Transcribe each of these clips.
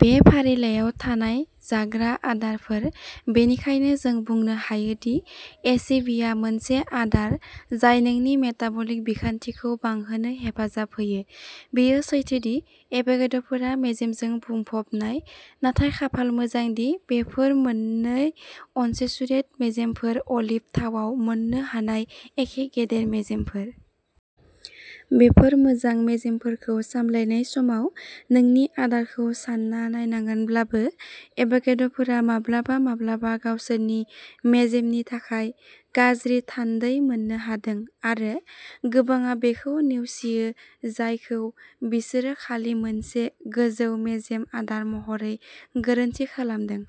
बे फारिलाइयाव थानाय जाग्रा आदारफोर बेनिखायनो जों बुंनो हायो दि ए सि भि आ मोनसे आदार जाय नोंनि मेटाबलिक बिखान्थिखौ बांहोनो हेफाजाब होयो। बेयो सैथो दि एभ'केड'फोरा मेजेमजों बुंफबनाय, नाथाय खाफाल मोजां दि बेफोर मोनो अनसेचुरेट मेजेमफोर अलिभ थावाव मोन्नो हानाय एखे गेदेर मेजेमफोर। बेफोर मोजां मेजेमफोरखौ सामलायनाय समाव नोंनि आदारखौ सानना नायनांगोनब्लाबो, एभ'केड'फोरा माब्लाबा माब्लाबा गावसोरनि मेजेमनि थाखाय गाज्रि थान्दै मोननो हादों आरो गोबांआ बेखौ नेवसियो जायखौ बिसोरो खालि मोनसे गोजौ मेजेम आदार महरै गोरोन्थि खालामदों,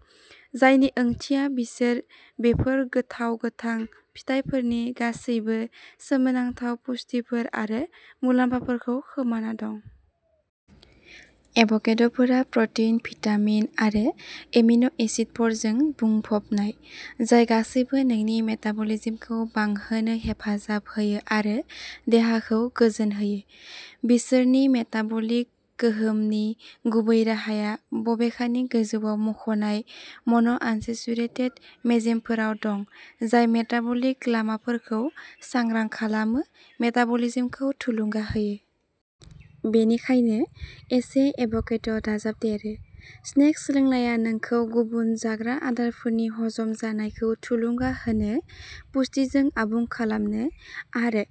जायनि ओंथिया बिसोर बेफोर गोथाव गोथां फिथाइफोरनि गासैबो सोमोनांथाव पुष्टिफोर आरो मुलाम्फाफोरखौ खोमाना दं। एभ'केड'फोरा प्र'टिन, भिटामिन आरो एमिनो एसिडफोरजों बुंफबनाय, जाय गासैबो नोंनि मेटाबलिज्मखौ बांहोनो हेफाजाब होयो आरो देहाखौ गोजोनहोयो। बिसोरनि मेटाबलिक गोहोमनि गुबै राहाया बबेखानि गोजौआव मख'नाय मन'आनसेचुरेटेड मेजेमफोराव दं जाय मेटाबलिक लामाफोरखौ सांग्रां खालामो, मेटाबलिज्मखौ थुलुंगा होयो। बेनिखायनो, एसे एभ'केड' दाजाबदेरो। स्नेक्स लोंनाया नोंखौ गुबुन जाग्रा आदारफोरनि हजम जानायखौ थुलुंगा होनो, पुष्टिजों आबुं खालामनो आरो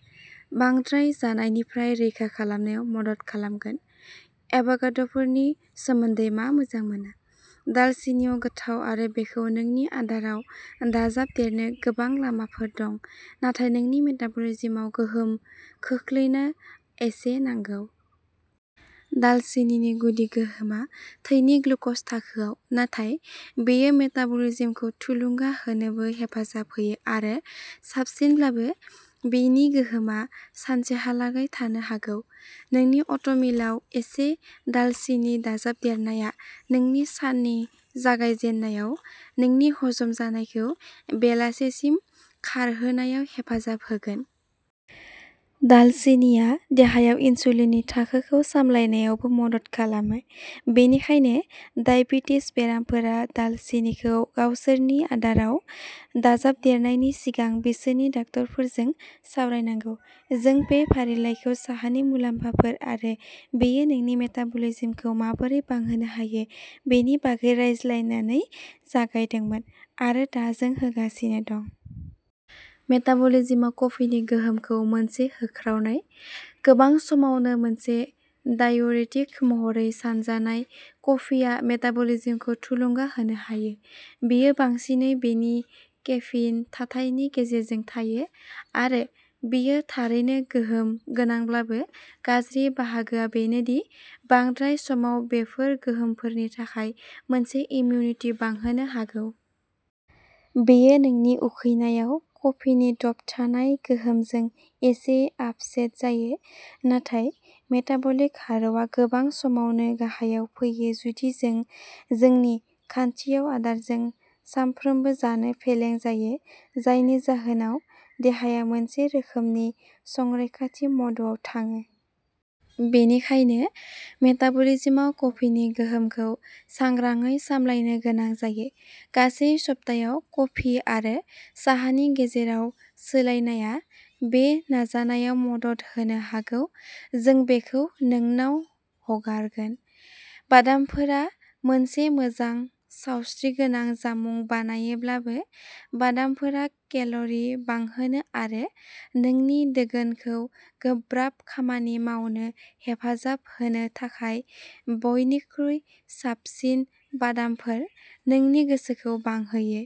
बांद्राय जानायनिफ्राय रैखा खालामनायाव मदद खालामगोन। एभकाड'फोरनि सोमोन्दै मा मोजां मोनो? दालसिनिआ गोथाव आरो बेखौ नोंनि आदाराव दाजाबदेरनो गोबां लामाफोर दं, नाथाय नोंनि मेटाबलिज्मआव गोहोम खोख्लैनो एसे नांगौ। दालसिनिनि गुदि गोहोमा थैनि ग्लुकज थाखोआव, नाथाय बेयो मेटाबलिज्मखौ थुलुंगा होनोबो हेफाजाब होयो आरो साबसिनब्लाबो, बेनि गोहोमा सानसेहालागै थानो हागौ। नोंनि अ'टमिलाव एसे दालसिनि दाजाबदेरनाया, नोंनि साननि जागायजेन्नायाव, नोंनि हजम जानायखौ बेलासिसिम खारहोनायाव हेफाजाब होगोन। दालसिनिआ देहायाव इनसुलिननि थाखोखौ सामलायनायावबो मदद खालामो, बेनिखायनो डायबेटिस बेरामफोरा दालसिनिखौ गावसोरनि आदाराव दाजाबदेरनायनि सिगां बिसोरनि डाक्टारफोरजों सावरायनांगौ। जों बे फारिलाइखौ साहानि मुलाम्फाफोर आरो बेयो नोंनि मेटाबलिज्मखौ माबोरै बांहोनो हायो बेनि बागै रायज्लायनानै जागायदोंमोन, आरो दा जों होगासिनो दं। मेटाबलिज्मआव कफिनि गोहोमखौ मोनसे होख्रावनाय। गोबां समावनो मोनसे डाइउरेटिक महरै सानजानाय, कफिआ मेटाबलिज्मखौ थुलुंगा होनो हायो। बेयो बांसिनै बेनि केफिन थाथायनि गेजेरजों थायो, आरो बेयो थारैनो गोहोम गोनांब्लाबो गाज्रि बाहागोआ बेनो दि बांद्राय समाव बेफोर गोहोमफोरनि थाखाय मोनसे इमिउनिटि बांहोनो हागौ। बेयो नोंनि उखैनायाव कफिनि दबथानाय गोहोमजों एसे आफसेट जायो, नाथाय मेटाबलिक हारआ गोबां समावनो गाहायाव फैयो जुदि जों जोंनि खान्थियाव आदारखौ सामफ्रोमबो जानो फेलें जायो जायनि जाहोनाव देहाया मोनसे रोखोमनि संरैखाथि म'डआव थाङो। बेनिखायनो मेटाबलिज्मआव कफिनि गोहोमखौ सांग्रांयै सामलायनो गोनां जायो। गासै सप्ताआव कफि आरो साहानि गेजेराव सोलायनाया बे नाजानायाव मदद होनो हागौ जों बेखौ नोंनाव हगारगोन। बादामफोरा मोनसे मोजां, सावस्रिगोनां जामुं बानायोब्लाबो, बादामफोरा केल'रि बांहोनो आरो नोंनि दोगोनखौ गोब्राब खामानि मावनो हेफाजाब होनो थाखाय बयनिख्रुइ साबसिन बादामफोर, नोंनि गोसोखौ बांहोयो।